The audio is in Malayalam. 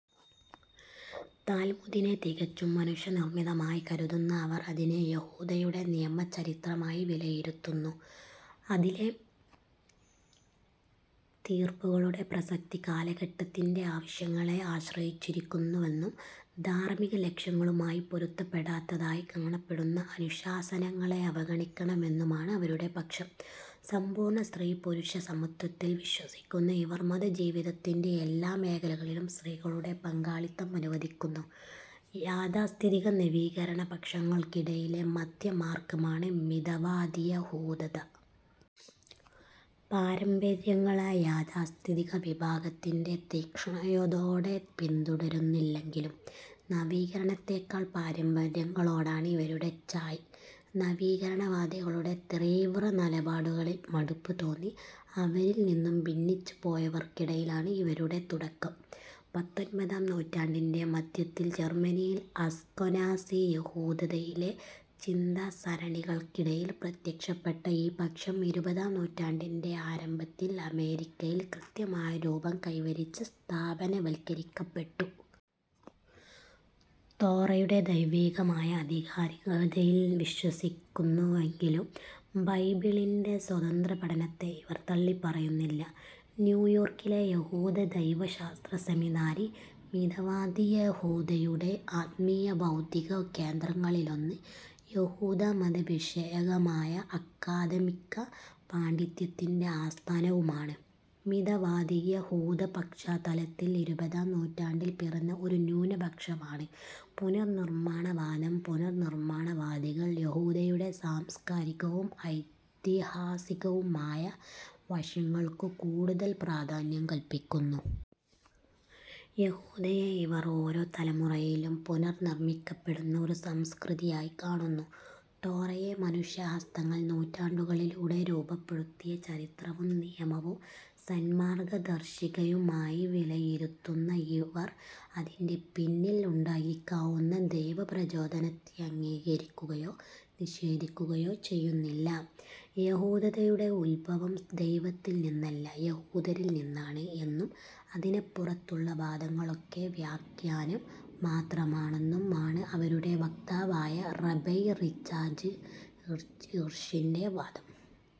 താൽമുദിനെ തികച്ചും മനുഷ്യനിർമ്മിതമായി കരുതുന്ന അവർ, അതിനെ യഹൂദതയുടെ നിയമചരിത്രമായി വിലയിരുത്തുന്നു. അതിലെ തീർപ്പുകളുടെ പ്രസക്തി കാലഘട്ടത്തിന്റെ ആവശ്യങ്ങളെ ആശ്രയിച്ചിരിക്കുമെന്നും ധാർമ്മികലക്ഷ്യങ്ങളുമായി പൊരുത്തപ്പെടാത്തതായി കാണപ്പെടുന്ന അനുശാസനങ്ങളെ അവഗണിക്കണമെന്നുമാണ് അവരുടെ പക്ഷം. സമ്പൂർണ്ണ സ്ത്രീപുരുഷസമത്വത്തിൽ വിശ്വസിക്കുന്ന ഇവർ മതജീവിതത്തിന്റെ എല്ലാം മേഖലകളിലും സ്ത്രീകളുടെ പങ്കാളിത്തം അനുവദിക്കുന്നു. യാഥാസ്ഥിതിക, നവീകരണപക്ഷങ്ങൾക്കിടയിലെ മദ്ധ്യമാർഗ്ഗമാണ് മിതവാദിയഹൂദത. പാരമ്പര്യങ്ങളെ യാഥാസ്ഥിതിക വിഭാഗത്തിന്റെ തീക്ഷ്ണതയോടെ പിന്തുടരുന്നില്ലെങ്കിലും, നവീകരണത്തേക്കാൾ പാരമ്പര്യങ്ങളോടാണ് ഇവരുടെ ചായ്വ്. നവീകരണവാദികളുടെ തീവ്രനിലപാടുകളിൽ മടുപ്പുതോന്നി അവരിൽ നിന്നു ഭിന്നിച്ചുപോയവർക്കിടയിലാണ് ഇവരുടെ തുടക്കം. പത്തൊൻപതാം നൂറ്റാണ്ടിന്റെ മദ്ധ്യത്തിൽ ജർമ്മനിയിൽ അസ്കെനാസി യഹൂദതയിലെ ചിന്താസരണികൾക്കിടയിൽ പ്രത്യക്ഷപ്പെട്ട ഈ പക്ഷം, ഇരുപതാം നൂറ്റാണ്ടിന്റെ ആരംഭത്തിൽ അമേരിക്കയിൽ കൃത്യമായ രൂപം കൈവരിച്ച് സ്ഥാപനവൽക്കരിക്കപ്പെട്ടു. തോറയുടെ ദൈവികമായ ആധികാരികതയിൽ വിശ്വസിക്കുന്നെങ്കിലും ബൈബിളിന്റെ സ്വതന്ത്രപഠനത്തെ ഇവർ തള്ളിപ്പറയുന്നില്ല. ന്യൂയോർക്കിലെ യഹൂദ ദൈവശാസ്ത്ര സെമിനാരി, മിതവാദിയഹൂദതയുടെ ആത്മീയ, ബൗദ്ധിക കേന്ദ്രങ്ങളിലൊന്നും യഹൂദമതവിഷയകമായ അക്കാദമിക പാണ്ഡിത്യത്തിന്റെ ആസ്ഥാനവുമാണ്. മിതവാദിയഹൂദപശ്ചാത്തലത്തിൽ ഇരുപതാം നൂറ്റാണ്ടിൽ പിറന്ന ഒരു ന്യൂനപക്ഷമാണ് 'പുനർനിർമ്മാണവാദം'. പുനർനിർമ്മാണവാദികൾ യഹൂദതയുടെ സാംസ്കാരികവും ഐതിഹാസികവുമായ വശങ്ങൾക്കു കൂടുതൽ പ്രാധാന്യം കല്പിക്കുന്നു. യഹൂദതയെ ഇവർ, ഓരോ തലമുറയിലും പുനർനിർമ്മിക്കപ്പെടുന്ന ഒരു സംസ്കൃതിയായി കാണുന്നു. തോറയെ മനുഷ്യഹസ്തങ്ങൾ നൂറ്റാണ്ടുകളിലൂടെ രൂപപ്പെടുത്തിയ ചരിത്രവും നിയമവും സന്മാർഗ്ഗദർശികയുമായി വിലയിരുത്തുന്ന ഇവർ, അതിന്റെ പിന്നിൽ ഉണ്ടായിരിക്കാവുന്ന ദൈവപ്രചോദനത്തെ അംഗീകരിക്കുകയോ നിഷേധിക്കുകയോ ചെയ്യുന്നില്ല. "യഹൂദതയുടെ ഉത്ഭവം ദൈവത്തിൽ നിന്നല്ല യഹൂദരിൽ നിന്നാണ്" എന്നും അതിനപ്പുറത്തുള്ള വാദങ്ങളൊക്കെ വ്യാഖ്യാനം മാത്രമാണെന്നും ആണ് അവരുടെ വക്താവായ റബൈ റിച്ചാർഡ് ഹിർഷിന്റെ വാദം.